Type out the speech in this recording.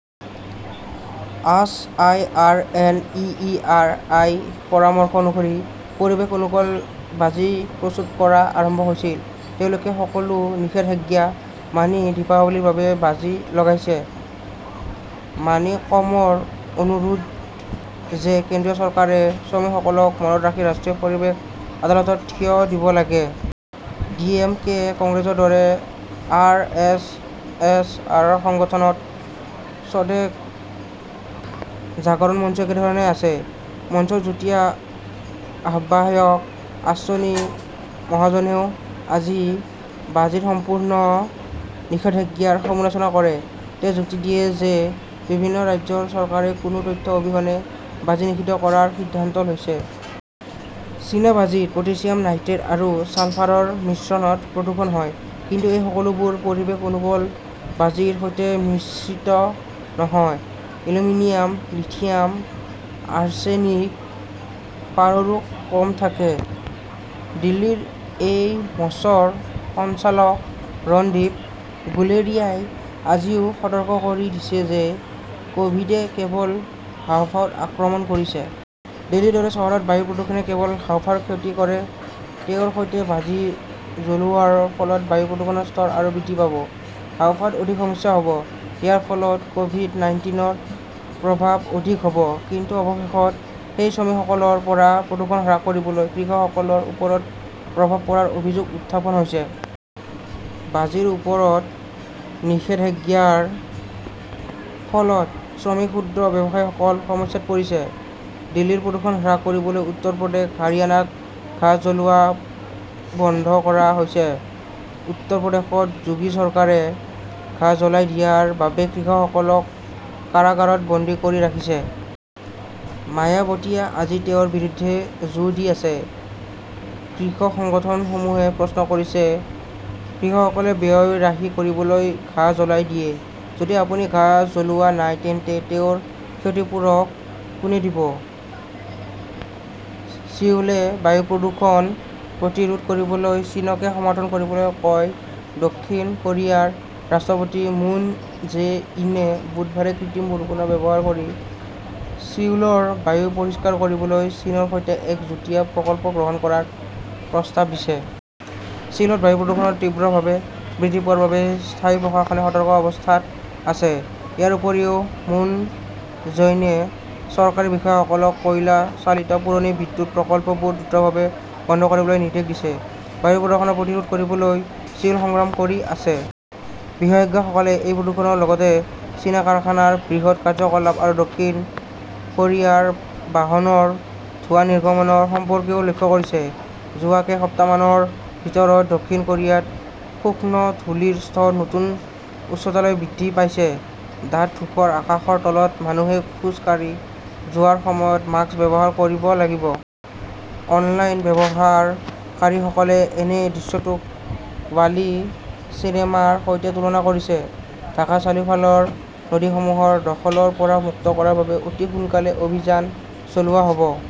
S. I. R. N. E. E. R. I. -ৰ পৰামৰ্শ অনুসৰি পৰিৱেশ-অনুকূল বাজি প্ৰস্তুত কৰা আৰম্ভ হৈছিল। তেওঁলোকে সকলো নিষেধাজ্ঞা মানি দীপাৱলীৰ বাবে বাজি লগাইছে। মাণিকমৰ অনুৰোধ যে কেন্দ্ৰীয় চৰকাৰে শ্ৰমিকসকলক মনত ৰাখি ৰাষ্ট্ৰীয় পৰিৱেশ আদালতত থিয় দিব লাগে। ডি.এম.কে কংগ্ৰেছৰ দৰে আৰ. এছ. এছ.ৰ সংগঠন স্বদেশ জাগৰণ মঞ্চো একেধৰণে আছে। মঞ্চৰ যুটীয়া আহ্বায়ক অশ্বিনী মহাজনেও আজি বাজীত সম্পূৰ্ণ নিষেধাজ্ঞাৰ সমালোচনা কৰে। তেওঁ যুক্তি দিয়ে যে বিভিন্ন ৰাজ্যৰ চৰকাৰে কোনো তথ্য অবিহনে বাজি নিষিদ্ধ কৰাৰ সিদ্ধান্ত লৈছে। চীনা বাজীত পটাছিয়াম নাইট্ৰেট আৰু ছালফাৰ মিশ্ৰণত প্ৰদূষণ হয়। কিন্তু এই সকলোবোৰ পৰিৱেশ-অনুকূল বাজিৰ সৈতে মিশ্ৰিত নহয়। এলুমিনিয়াম, লিথিয়াম, আৰ্ছেনিক, পাৰাৰো কম থাকে। দিল্লীৰ এইমছৰ সঞ্চালক ৰণদীপ গুলেৰিয়াই আজিও সতৰ্ক কৰি দিছে যে কভিড-এ কেৱল হাঁওফাঁওত আক্ৰমণ কৰিছে। দিল্লীৰ দৰে চহৰত বায়ু প্ৰদূষণে কেৱল হাঁওফাঁওৰ ক্ষতি কৰে ,তেওঁৰ সৈতে বাজি জ্বলোৱাৰ ফলত বায়ু প্ৰদূষণৰ স্তৰ আৰু বৃদ্ধি পাব। হাঁওফাঁওত অধিক সমস্যা হ'ব। ইয়াৰ ফলত কভিড-নাইন্তিনৰ প্ৰভাৱ অধিক হ'ব। কিন্তু অৱশেষত সেই শ্ৰমিকসকলৰ পৰা প্ৰদূষণ হ্ৰাস কৰিবলৈ কৃষকসকলৰ ওপৰত প্ৰভাৱ পৰাৰ অভিযোগ উত্থাপন হৈছে। বাজিৰ ওপৰত নিষেধাজ্ঞাৰ ফলত শ্ৰমিক, ক্ষুদ্ৰ ব্যৱসায়ীসকল সমস্যাত পৰিছে। দিল্লীৰ প্ৰদূষণ হ্ৰাস কৰিবলৈ উত্তৰ প্ৰদেশ, হাৰিয়ানাত ঘাঁহ জ্বলোৱা বন্ধ কৰা হৈছে। উত্তৰ প্ৰদেশত যোগী চৰকাৰে ঘাঁহ জ্বলাই দিয়াৰ বাবে কৃষকসকলক কাৰাগাৰত বন্দী কৰি ৰাখিছে। মায়াবতীয়ে আজি তেওঁৰ বিৰুদ্ধে জোৰ দি আছে। কৃষক সংগঠনসমূহে প্ৰশ্ন কৰিছে কৃষকসকলে ব্যয় ৰাহি কৰিবলৈ ঘাঁহ জ্বলাই দিয়ে। যদি আপুনি ঘাঁহ জ্বলোৱা নাই তেন্তে তেওঁৰ ক্ষতিপূৰণ কোনে দিব? ছিউলে বায়ু প্ৰদূষণ প্ৰতিৰোধ কৰিবলৈ চীনক সমৰ্থন কৰিবলৈ কয় দক্ষিণ কোৰিয়াৰ ৰাষ্ট্ৰপতি মুন জে-ইনে বুধবাৰে কৃত্ৰিম বৰষুণ ব্যৱহাৰ কৰি ছিউলৰ বায়ু পৰিষ্কাৰ কৰিবলৈ চীনৰ সৈতে এক যুটীয়া প্ৰকল্প গ্ৰহণ কৰাৰ প্ৰস্তাৱ দিছে। ছিউলত বায়ু প্ৰদূষণ তীব্ৰভাৱে বৃদ্ধি পোৱাৰ বাবে স্থানীয় প্ৰশাসনে সতৰ্ক অৱস্থাত আছে। ইয়াৰ উপৰিও, মুন জেইনে চৰকাৰী বিষয়াসকলক কয়লা চালিত পুৰণি বিদ্যুৎ প্ৰকল্পবোৰ দ্ৰুতভাৱে বন্ধ কৰিবলৈ নিৰ্দেশ দিছে। বায়ু প্ৰদূষণ প্ৰতিৰোধ কৰিবলৈ ছিউল সংগ্ৰাম কৰি আছে। বিশেষজ্ঞসকলে এই প্ৰদূষণৰ লগতে চীনা কাৰখানাৰ বৃহৎ কাৰ্যকলাপ আৰু দক্ষিণ কোৰিয়াৰ বাহনৰ ধোৱা নিৰ্গমনৰ সম্পৰ্কও লক্ষ্য কৰিছে। যোৱা কেইসপ্তাহমানৰ ভিতৰত দক্ষিণ কোৰিয়াত সূক্ষ্ম ধূলিৰ স্তৰ নতুন উচ্চতালৈ বৃদ্ধি পাইছে। ডাঠ-ধূসৰ আকাশৰ তলত মানুহে খোজ কাঢ়ি যোৱাৰ সময়ত মাস্ক ব্যৱহাৰ কৰিব লাগিব। অনলাইন ব্যৱহাৰকাৰীসকলে এনে দৃশ্যটোক ৱালি চিনেমাৰ সৈতে তুলনা কৰিছে। ঢাকাৰ চাৰিওফালৰ নদীসমূহ দখলৰ পৰা মুক্ত কৰাৰ বাবে অতি সোনকালে অভিযান চলোৱা হ'ব।